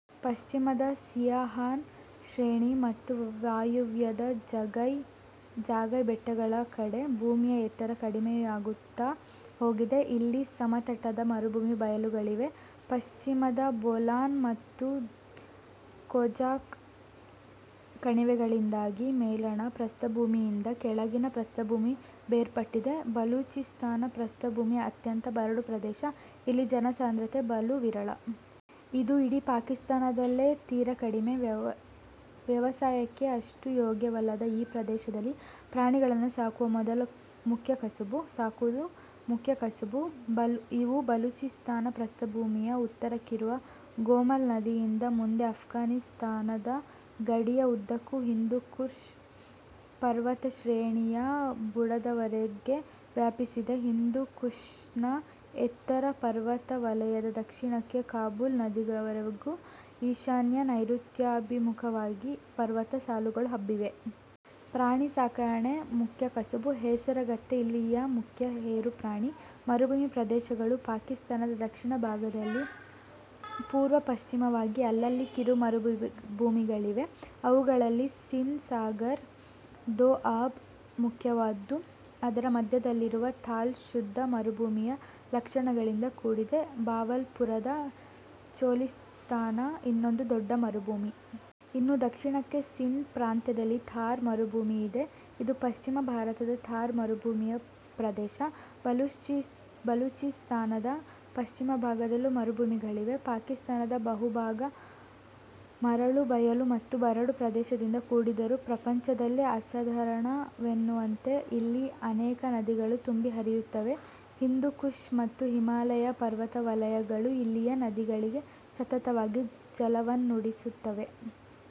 ಪಶ್ಚಿಮದ ಸೀಯಾಹಾನ್ ಶ್ರೇಣಿ ಮತ್ತು ವಾಯವ್ಯದ ಜಾಗೈ ಬೆಟ್ಟಗಳ ಕಡೆ ಭೂಮಿಯ ಎತ್ತರ ಕಡಿಮೆಯಾಗುತ್ತ ಹೋಗಿದೆ. ಇಲ್ಲಿ ಸಮತಟ್ಟಾದ ಮರುಭೂಮಿ ಬಯಲುಗಳಿವೆ. ಪಶ್ಚಿಮದ ಬೋಲಾನ್ ಮತ್ತು ಖೋಜಾಕ್ ಕಣಿವೆಗಳಿಂದಾಗಿ ಮೇಲಣ ಪ್ರಸ್ಥಭೂಮಿಯಿಂದ ಕೆಳಗಿನ ಪ್ರಸ್ಥಭೂಮಿ ಬೇರ್ಪಟ್ಟಿದೆ. ಬಲೂಚಿಸ್ಥಾನ ಪ್ರಸ್ಥಭೂಮಿ ಅತ್ಯಂತ ಬರಡು ಪ್ರದೇಶ. ಇಲ್ಲಿ ಜನಸಾಂದ್ರತೆ ಬಲು ವಿರಳ. ಇದು ಇಡೀ ಪಾಕಿಸ್ತಾನದಲ್ಲೇ ತೀರ ಕಡಿಮೆ. ವ್ಯವಸಾಯಕ್ಕೆ ಅಷ್ಟು ಯೋಗ್ಯವಲ್ಲದ ಈ ಪ್ರದೇಶದಲ್ಲಿ ಪ್ರಾಣಿಗಳನ್ನು ಸಾಕುವುದು ಮುಖ್ಯ ಕಸುಬು. ಇವು ಬಲೂಚಿಸ್ತಾನ ಪ್ರಸ್ಥಭೂಮಿಯ ಉತ್ತರಕ್ಕಿರುವ ಗೋಮಲ್ ನದಿಯಿಂದ ಮುಂದೆ ಆಫ್ಘಾನಿಸ್ತಾನದ ಗಡಿಯ ಉದ್ದಕ್ಕೂ ಹಿಂದೂಕುಷ್ ಪರ್ವತಶ್ರೇಣಿಯ ಬುಡದವರೆಗೆ ವ್ಯಾಪಿಸಿದೆ. ಹಿಂದೂಕುಷ್ನ ಎತ್ತರ ಪರ್ವತ ವಲಯದ ದಕ್ಷಿಣಕ್ಕೆ ಕಾಬೂಲ್ ನದಿಯವರೆಗೂ ಈಶಾನ್ಯ-ನೈಋತ್ಯಾಭಿಮುಖವಾಗಿ ಪರ್ವತ ಸಾಲುಗಳು ಹಬ್ಬಿವೆ. ಪ್ರಾಣಿ ಸಾಕಣೆ ಮುಖ್ಯ ಕಸಬು. ಹೇಸರಗತ್ತೆ ಇಲ್ಲಿಯ ಮುಖ್ಯ ಹೇರು ಪ್ರಾಣಿ. ಮರುಭೂಮಿ ಪ್ರದೇಶಗಳು, ಪಾಕಿಸ್ತಾನದ ದಕ್ಷಿಣ ಭಾಗದಲ್ಲಿ ಪೂರ್ವ-ಪಶ್ಚಿಮವಾಗಿ ಅಲ್ಲಲ್ಲಿ ಕಿರು ಮರುಭೂಮಿಗಳಿವೆ. ಅವುಗಳಲ್ಲಿ ಸಿಂಧ್ ಸಾಗರ್ ದೋಆಬ್ ಮುಖ್ಯವಾದ್ದು. ಅದರ ಮಧ್ಯದಲ್ಲಿರುವ ಥಾಲ್ ಶುದ್ಧ ಮರುಭೂಮಿಯ ಲಕ್ಷಣಗಳಿಂದ ಕೂಡಿದೆ. ಭಾವಲ್ಪುರದ ಚೊಲಿಸ್ತಾನ ಇನ್ನೊಂದು ದೊಡ್ಡ ಮರುಭೂಮಿ. ಇನ್ನೂ ದಕ್ಷಿಣಕ್ಕೆ ಸಿಂಧ್ ಪ್ರಾಂತ್ಯದಲ್ಲಿ ಥಾರ್ ಮರುಭೂಮಿ ಇದೆ. ಇದು ಪಶ್ಚಿಮ ಭಾರತದ ಥಾರ್ ಮರುಭೂಮಿಯ ಪ್ರದೇಶ. ಬಲೂಚಿಸ್ಥಾನದ ಪಶ್ಚಿಮಭಾಗದಲ್ಲೂ ಮರುಭೂಮಿಗಳಿವೆ. ಪಾಕಿಸ್ತಾನದ ಬಹುಭಾಗ ಮರಳು ಬಯಲು ಮತ್ತು ಬರಡು ಪ್ರದೇಶದಿಂದ ಕೂಡಿದ್ದರೂ ಪ್ರಪಂಚದಲ್ಲೇ ಅಸಾಧಾರಣವೆನ್ನುವಂತೆ ಇಲ್ಲಿ ಅನೇಕ ನದಿಗಳು ತುಂಬಿ ಹರಿಯುತ್ತವೆ. ಹಿಂದೂಕುಷ್ ಮತ್ತು ಹಿಮಾಲಯ ಪರ್ವತ ವಲಯಗಳು ಇಲ್ಲಿಯ ನದಿಗಳಿಗೆ ಸತತವಾಗಿ ಜಲವನ್ನೂಡಿಸುತ್ತವೆ.